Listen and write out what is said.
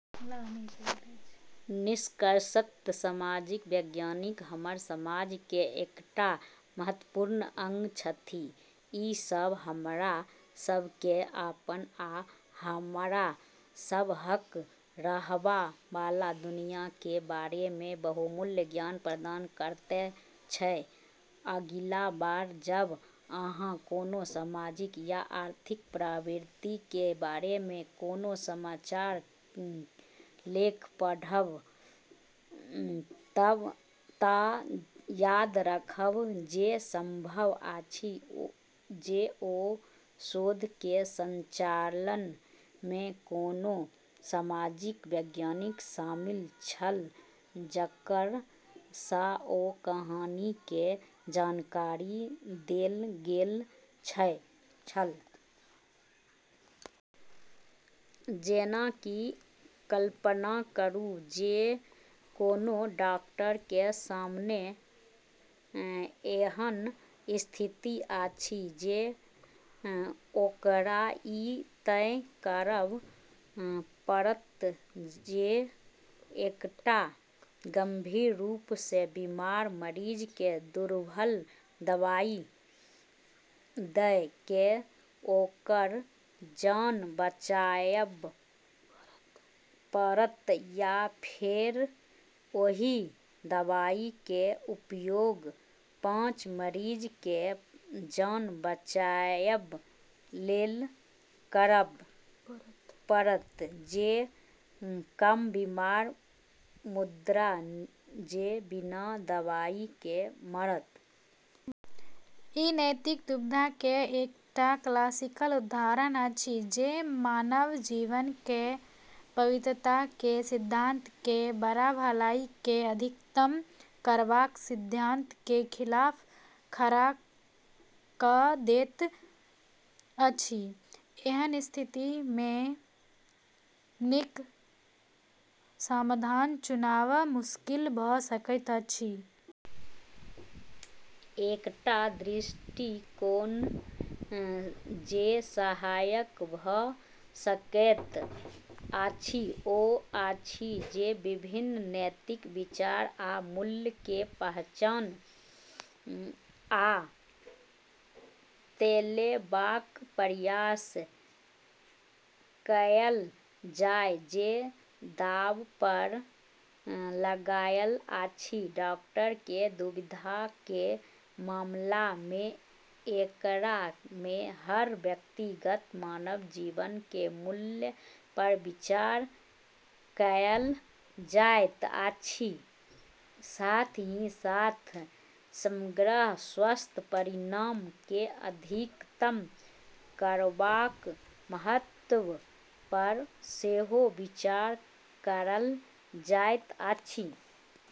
निष्कर्षतः सामाजिक वैज्ञानिक हमर समाज के एकटा महत्वपूर्ण अंग छथि। ई सब हमरा सब के अपन आ हमरा सबहक रहबा वाला दुनिया के बारे मे बहुमूल्य ज्ञान प्रदान करैत छै। अगिला बार जब अहाँ कोनो सामाजिक या आर्थिक प्रवृत्ति के बारे मे कोनो समाचार लेख पढ़ब त याद राखब जे संभव अछि जे ओ शोध के संचालन मे कोनो सामाजिक वैज्ञानिक शामिल छल जकर सँ ओ कहानी के जानकारी देल गेल छल। जेना कि कल्पना करू जे कोनो डॉक्टर के सामने एहन स्थिति अछि जे ओकरा ई तय करब पड़त जे एकटा गंभीर रूप सँ बीमार मरीज के दुर्लभ दवाई दए कए ओकर जान बचाएब पड़त, या फेर ओहि दवाई के उपयोग पाँच मरीज के जान बचाएब लेल करब पड़त जे कम बीमार मुदा जे बिना दवाई के मरत। ई नैतिक दुविधा के एकटा क्लासिक उदाहरण अछि जे मानव जीवन के पवित्रता के सिद्धांत के बड़ा भलाई के अधिकतम करबाक सिद्धांत के खिलाफ खड़ा कए दैत अछि। एहन स्थिति मे नीक समाधान चुनब मुश्किल भ सकैत अछि। एकटा दृष्टिकोण जे सहायक भ सकैत अछि ओ अछि जे विभिन्न नैतिक विचार आ मूल्य के पहचान आ तौलेबाक प्रयास कएल जाय जे दांव पर लागल अछि। डॉक्टर के दुविधा के मामला मे एकरा मे हर व्यक्तिगत मानव जीवन के मूल्य पर विचार कएल जाइत अछि, साथ ही साथ समग्र स्वास्थ्य परिणाम के अधिकतम करबाक महत्व पर सेहो विचार कएल जाइत अछि।